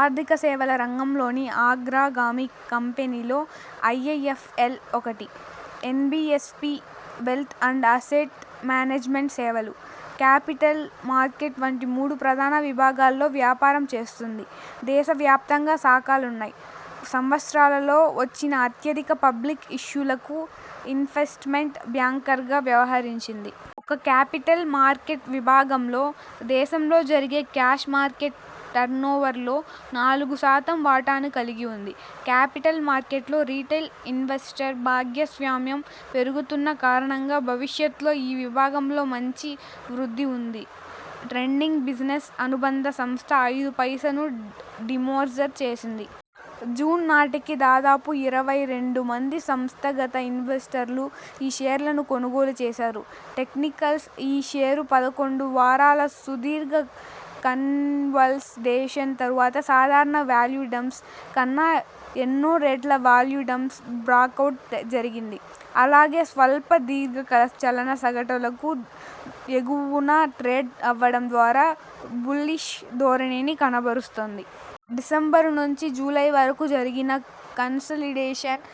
ఆర్థిక సేవల రంగంలోని అగ్రాగామి కంపె నీల్లో ఐఐఎఫ్ఎల్ ఒకటి. NBFC, wealth and asset management సేవలు, క్యాపిటల్ మార్కెట్ వంటి మూడు ప్రధాన విభాగాల్లో వ్యాపారం చేస్తుంది. దేశ వ్యాప్తంగా సాఖాలున్నాయి., సంవత్సరాల్లో వచ్చిన అత్యధిక పబ్లిక్ ఇష్యూలకు ఇన్ఫెస్ట్మెంట్ బ్యాంకర్గా వ్యవహరించింది. ఇక క్యాపిటల్ మార్కెట్ విభాగంలో దేశంలో జరిగే క్యాష్ మార్కెట్ టర్నోవర్లో నాలుగు శాతం వాటాను కలిగి ఉంది. క్యాపిటల్ మార్కెట్లో రిటైల్ ఇన్వెస్టర్ భాగస్వామ్యం పెరుగుతున్న కారణంగా భవిష్యత్లో ఈ విభాగంలో మంచి వృద్ధి ఉంటుంది. ట్రేడింగ్ బిజినెస్ అనుబంధ సంస్థ ఐదు పైసాను డీమెర్జర్ చేసింది. జూన్ నాటికి దాదాపు అరవై రెండు మంది సంస్థాగత ఇన్వెస్టర్లు ఈ షేర్లను కొనుగోలు చేశారు. టెక్నికల్స్ ఈ షేరు పదకొండు వారాల సుదీర్ఘ కన్సాలిడేషన్ తర్వాత సాధారణ వాల్యూమ్స్ కన్నా ఎన్నో రెట్ల వాల్యూమ్స్తో బ్రేకౌట్ జరిగింది. అలాగే స్వల్ప దీర్ఘకాల చలన సగటులకు ఎగువన ట్రేడ్ అవడం ద్వారా బుల్లిష్ ధోరణిని కనబరుస్తోంది. డిసెంబరు నుంచి జూలై వరకు జరిగిన కన్సాలిడేషన్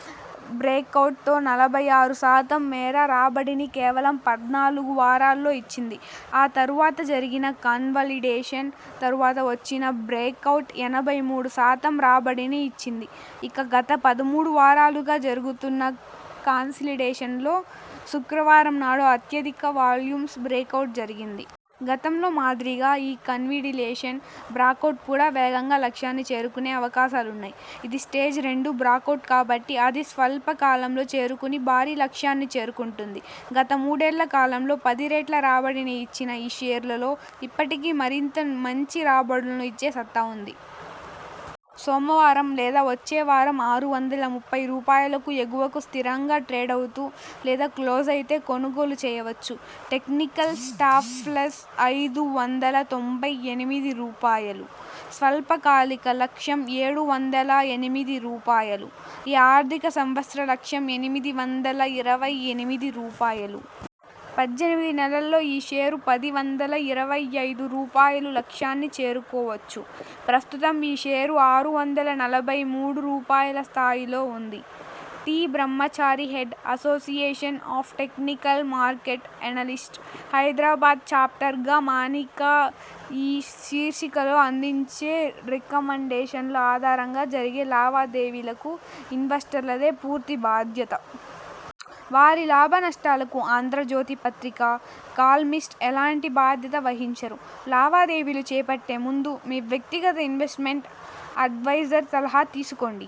బ్రేకౌట్తో నలభై ఆరు శాతం మేర రాబడిని కేవలం పద్నాలుగు వారాల్లో ఇచ్చింది. ఆ తర్వాత జరిగిన కన్సాలిడేషన్ తర్వాత వచ్చిన బ్రేకౌట్ ఎనభై మూడు శాతం రాబడిని ఇచ్చింది. ఇక గత పదమూడు వారాలుగా జరుగుతున్న కన్సాలిడేషన్లో శుక్రవారం నాడు అత్యధిక వాల్యూమ్స్ బ్రేకౌట్ జరిగింది. గతంలో మాదిరిగా ఈ కన్సాలిడేషన్ బ్రేకౌట్ కూడా వేగంగా లక్ష్యాన్ని చేరుకునే అవకాశాలున్నాయి. ఇది స్టేజ్ రెండు బ్రేకౌట్ కాబట్టి అతి స్వల్ప కాలంలో చేరుకుని భారీ లక్ష్యాన్ని చేరుకుంటుంది. గత మూడేళ్ల కాలంలో పది రెట్ల రాబడిని ఇచ్చిన ఈ షేరులో ఇప్పటికీ మరింత మంచి రాబడులను ఇచ్చే సత్తా ఉంది. సోమవారం లేదా వచ్చే వారం ఆరు వందల ముప్పై రూపాయలకు ఎగువన స్థిరంగా ట్రేడవుతూ లేదా క్లోజయితే కొనుగోలు చేయవచ్చు. టెక్నికల్ స్టాప్లాస్ ఐదు వందల తొంభై ఎనిమిది రూపాయలు. స్వల్ప కాలిక లక్ష్యం ఏడు వందల ఎనిమిది రూపాయలు. ఈ ఆర్థిక సంవత్సర లక్ష్యం ఎనిమిది వందల ఇరవై ఎనిమిది రూపాయలు. పద్దెనిమిది నెలల్లో ఈ షేరు పది వందల ఇరవై ఐదు రూపాయల లక్ష్యాన్ని చేరుకోవచ్చు. ప్రస్తుతం ఈ షేరు ఆరు వందల నలభై మూడు రూపాయల స్థాయిలో ఉంది. T Brahmachari head, association of technical market analyst, Hyderabad చాప్టర్గ మనిక ఈ శీర్షికలో అందించే రికమండేషన్ల ఆధారంగా జరిపే లావాదేవీలకు ఇన్వెస్టర్లదే పూర్తి బాధ్యత. వారి లాభ నష్టాలకు ఆంధ్రజ్యోతి పత్రిక, కాల్మిస్ట్ ఎలాంటి బాధ్యత వహించరు. లావాదేవీలు చేపట్టే ముందు మీ వ్యక్తిగత ఇన్వెస్ట్మెంట్ అడ్వైజర్ సలహా తీసుకోండి.